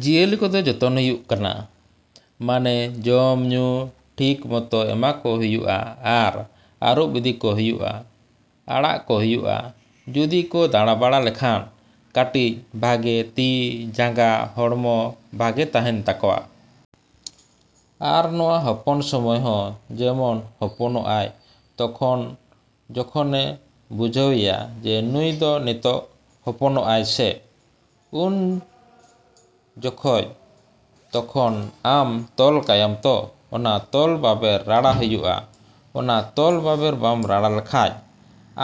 ‎ᱡᱤᱭᱟᱹᱞᱤ ᱠᱚᱫᱚ ᱡᱚᱛᱚᱱ ᱦᱩᱭᱩᱜ ᱠᱟᱱᱟ᱾ ᱢᱟᱱᱮ ᱡᱚᱢ, ᱧᱩ ᱴᱷᱤᱠ ᱢᱚᱛᱚ ᱮᱢᱟ ᱠᱚ ᱦᱩᱭᱩᱜᱼᱟ ᱟᱨ ᱟᱨᱩᱵ ᱤᱫᱤ ᱠᱚ ᱦᱩᱭᱩᱜᱼᱟ, ᱟᱲᱟᱜ ᱠᱚ ᱦᱩᱭᱩᱜᱼᱟ᱾ ᱡᱩᱫᱤ ᱠᱚ ᱫᱟᱬᱟ ᱵᱟᱲᱟ ᱞᱮᱠᱷᱟᱱ ᱠᱟᱹᱴᱤᱡ ᱵᱷᱟᱜᱮ ᱛᱤ, ᱡᱟᱸᱜᱟ ᱦᱚᱲᱢᱚ ᱵᱷᱟᱜᱮ ᱛᱟᱦᱮᱱ ᱛᱟᱠᱚᱣᱟ᱾ ᱟᱨ ᱱᱚᱣᱟ ᱦᱚᱯᱚᱱ ᱥᱚᱢᱚᱭ ᱦᱚᱸ ᱡᱮᱢᱚᱱ ᱦᱚᱯᱚᱱᱚᱜᱼᱟᱭ ᱛᱚᱠᱷᱚᱱ ᱡᱚᱠᱷᱚᱱᱮ ᱵᱩᱡᱷᱟᱹᱣᱮᱭᱟ ᱡᱮ ᱱᱩᱭ ᱫᱚ ᱱᱤᱛᱳᱜ ᱦᱚᱯᱚᱱᱚᱜᱼᱟᱭ ᱥᱮ, ᱩᱱ ᱡᱚᱠᱷᱚᱡ ᱛᱚᱠᱷᱚᱱ ᱟᱢ ᱛᱚᱞ ᱠᱟᱭᱟᱢ ᱛᱚ, ᱚᱱᱟ ᱛᱚᱞ ᱵᱟᱵᱮᱨ ᱨᱟᱲᱟ ᱦᱩᱭᱩᱜᱼᱟ᱾ ᱚᱱᱟ ᱛᱚᱞ ᱵᱟᱵᱮᱨ ᱵᱟᱢ ᱨᱟᱲᱟ ᱞᱮᱠᱷᱟᱱ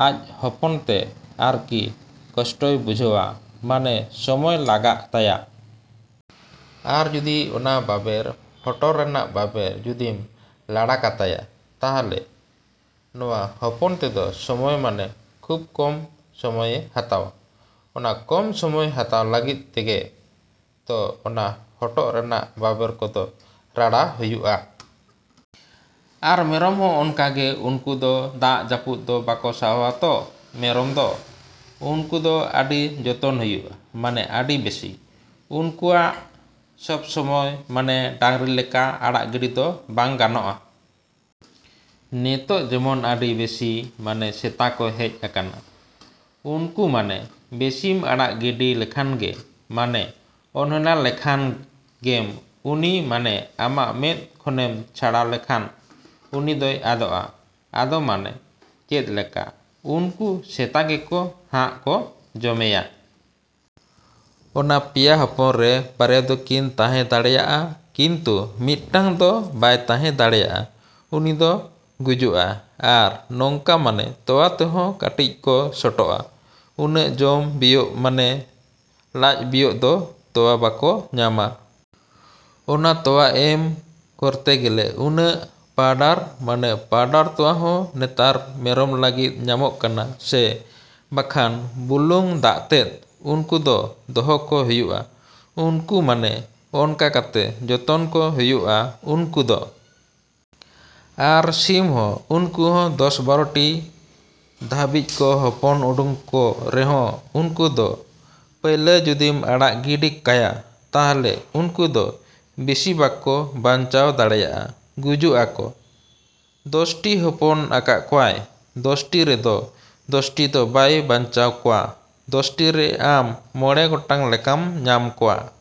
ᱟᱡ ᱦᱚᱯᱚᱱ ᱛᱮ ᱟᱨᱠᱤ ᱠᱚᱥᱴᱚᱭ ᱵᱩᱡᱷᱟᱹᱣᱟ, ᱢᱟᱱᱮ ᱥᱚᱢᱚᱭ ᱞᱟᱜᱟᱜ ᱛᱟᱭᱟ᱾ ᱟᱨ ᱚᱱᱟ ᱡᱩᱫᱤ ᱵᱟᱵᱮᱨ ᱦᱚᱴᱚᱨ ᱨᱮᱱᱟᱜ ᱵᱟᱵᱮᱨ ᱡᱩᱫᱤᱢ ᱞᱟᱲᱟ ᱠᱟᱛᱟᱭᱟ ᱛᱟᱦᱞᱮ ᱱᱚᱣᱟ ᱦᱚᱯᱚᱱ ᱛᱮᱫᱚ ᱥᱚᱢᱚᱭ ᱢᱟᱱᱮ ᱠᱷᱩᱵ ᱠᱚᱢ ᱥᱚᱢᱚᱭᱮ ᱦᱟᱛᱟᱣᱟ᱾ ᱚᱱᱟ ᱠᱚᱢ ᱥᱚᱢᱚᱭ ᱦᱟᱛᱟᱣ ᱞᱟᱹᱜᱤᱫ ᱛᱮᱜᱮ ᱛᱚ ᱚᱱᱟ ᱦᱚᱴᱚᱜ ᱨᱮᱱᱟᱜ ᱵᱟᱵᱮᱨ ᱠᱚᱫᱚ ᱨᱟᱲᱟ ᱦᱩᱭᱩᱜᱼᱟ᱾ ᱟᱨ ᱢᱮᱨᱚᱢ ᱦᱚᱸ ᱚᱱᱠᱟ ᱜᱮ ᱩᱱᱠᱩ ᱫᱚ ᱫᱟᱜ ᱡᱟᱯᱩᱫ ᱫᱚ ᱵᱟᱠᱚ ᱥᱟᱦᱟᱣᱟ ᱛᱚ ᱢᱮᱨᱚᱢ ᱫᱚ᱾ ᱩᱱᱠᱩ ᱫᱚ ᱟᱹᱰᱤ ᱡᱚᱛᱚᱱ ᱦᱩᱭᱩᱜᱼᱟ ᱢᱟᱱᱮ ᱟᱹᱰᱤ ᱵᱮᱥᱤ᱾ ᱩᱱᱠᱩᱣᱟᱜ ᱥᱚᱵᱥᱚᱢᱚᱭ ᱢᱟᱱᱮ ᱰᱟᱝᱨᱤ ᱞᱮᱠᱟ ᱟᱲᱟᱜ ᱜᱤᱲᱤ ᱫᱚ ᱵᱟᱝ ᱜᱟᱱᱚᱜᱼᱟ᱾ ᱱᱤᱛᱳᱜ ᱡᱮᱢᱚᱱ ᱟᱹᱰᱤ ᱵᱮᱥᱤ ᱢᱟᱱᱮ ᱥᱮᱛᱟ ᱠᱚ ᱦᱮᱡ ᱟᱠᱟᱱᱟ᱾ ᱩᱱᱠᱩ ᱢᱟᱱᱮ ᱵᱮᱥᱤᱢ ᱟᱲᱟᱜ ᱜᱤᱰᱤ ᱞᱮᱠᱷᱟᱱ ᱜᱮ ᱢᱟᱱᱮ ᱚᱱᱦᱮᱞᱟ ᱞᱮᱠᱷᱟᱱ ᱜᱮᱢ ᱩᱱᱤ ᱢᱟᱱᱮ ᱟᱢᱟᱜ ᱢᱮᱫ ᱠᱷᱚᱱᱮᱢ ᱪᱷᱟᱲᱟᱣ ᱞᱮᱠᱷᱟᱱ ᱩᱱᱤ ᱫᱚᱭ ᱟᱫᱚᱜᱼᱟ᱾ ᱟᱫᱚ ᱢᱟᱱᱮ ᱪᱮᱫᱞᱮᱠᱟ ᱩᱱᱠᱩ ᱥᱮᱛᱟ ᱜᱮᱠᱚ ᱦᱟᱸᱜ ᱠᱚ ᱡᱚᱢᱮᱭᱟ᱾ ᱚᱱᱟ ᱯᱮᱭᱟ ᱦᱚᱯᱚᱱ ᱨᱮ ᱵᱟᱨᱭᱟ ᱫᱚ ᱠᱤᱱ ᱛᱟᱦᱮᱸ ᱫᱟᱲᱭᱟᱜᱼᱟ᱾ ᱠᱤᱱᱛᱩ ᱢᱮᱫᱴᱟᱝ ᱫᱚ ᱵᱟᱭ ᱛᱟᱦᱮᱸ ᱫᱟᱲᱮᱭᱟᱜᱼᱟ᱾ ᱩᱱᱤ ᱫᱚ ᱜᱩᱡᱩᱜᱼᱟ᱾ ᱟᱨ ᱱᱚᱝᱠᱟ ᱢᱟᱱᱮ ᱛᱳᱣᱟ ᱛᱮᱦᱚᱸ ᱠᱟᱹᱴᱤᱡ ᱠᱚ ᱥᱚᱴᱚᱜᱼᱟ᱾ ᱩᱱᱟᱹᱜ ᱡᱚᱢ ᱵᱤᱭᱳᱜ ᱢᱟᱱᱮ ᱞᱟᱡ ᱵᱤᱭᱳᱜ ᱫᱚ ᱛᱳᱣᱟ ᱵᱟᱠᱚ ᱧᱟᱢᱟ᱾ ᱚᱱᱟ ᱛᱳᱣᱟ ᱮᱢ ᱠᱚᱨᱛᱮ ᱜᱮᱞᱮ ᱩᱱᱟᱹᱜ ᱯᱟᱣᱰᱟᱨ, ᱢᱟᱱᱮ ᱯᱟᱣᱰᱟᱨ ᱛᱳᱣᱟ ᱦᱚᱸ ᱱᱮᱛᱟᱨ ᱢᱮᱨᱚᱢ ᱞᱟᱹᱜᱤᱫ ᱧᱟᱢᱚᱜ ᱠᱟᱱᱟ ᱥᱮ ᱵᱟᱠᱷᱟᱱ ᱵᱩᱞᱩᱝ ᱫᱟᱜᱛᱮᱫ ᱩᱱᱠᱩ ᱫᱚ ᱫᱚᱦᱚ ᱠᱚ ᱦᱩᱭᱩᱜᱼᱟ᱾ ᱩᱱᱠᱩ ᱢᱟᱱᱮ ᱚᱱᱠᱟ ᱠᱟᱛᱮ ᱡᱚᱛᱚᱱ ᱠᱚ ᱦᱩᱭᱩᱜᱼᱟ ᱩᱱᱠᱩ ᱫᱚ᱾ ᱟᱨ ᱥᱤᱢ ᱦᱚᱸ ᱩᱱᱠᱩ ᱦᱚᱸ ᱫᱚᱥ ᱵᱟᱨᱚᱴᱤ ᱫᱷᱟᱹᱵᱤᱡ ᱠᱚ ᱦᱚᱯᱚᱱ ᱩᱰᱩᱝ ᱠᱚ ᱨᱮᱦᱚᱸ ᱩᱱᱠᱩ ᱫᱚ ᱯᱟᱹᱭᱞᱟᱹ ᱡᱩᱫᱤᱢ ᱟᱲᱟᱜ ᱜᱤᱲᱤ ᱠᱟᱭᱟ ᱛᱟᱦᱚᱞᱮ ᱩᱱᱠᱩ ᱫᱚ ᱵᱮᱥᱤ ᱵᱟᱠᱚ ᱵᱟᱧᱪᱟᱣ ᱫᱟᱲᱮᱭᱟᱜᱼᱟ, ᱜᱩᱡᱩᱜᱼᱟ ‎ᱠᱚ᱾ ᱫᱚᱥᱴᱤ ᱦᱚᱯᱚᱱ ᱟᱠᱟᱜ ᱠᱚᱣᱟᱭ, ᱫᱚᱥᱴᱤ ᱨᱮᱫᱚ ᱫᱚᱥᱴᱤ ᱫᱚ ᱵᱟᱭ ᱵᱟᱧᱪᱟᱣ ᱠᱚᱣᱟ᱾ ᱫᱚᱥᱴᱤ ᱨᱮ ᱟᱢ ᱢᱚᱬᱮ ᱜᱚᱴᱟᱝ ᱞᱮᱠᱟᱢ ᱧᱟᱢ ᱠᱚᱣᱟ᱾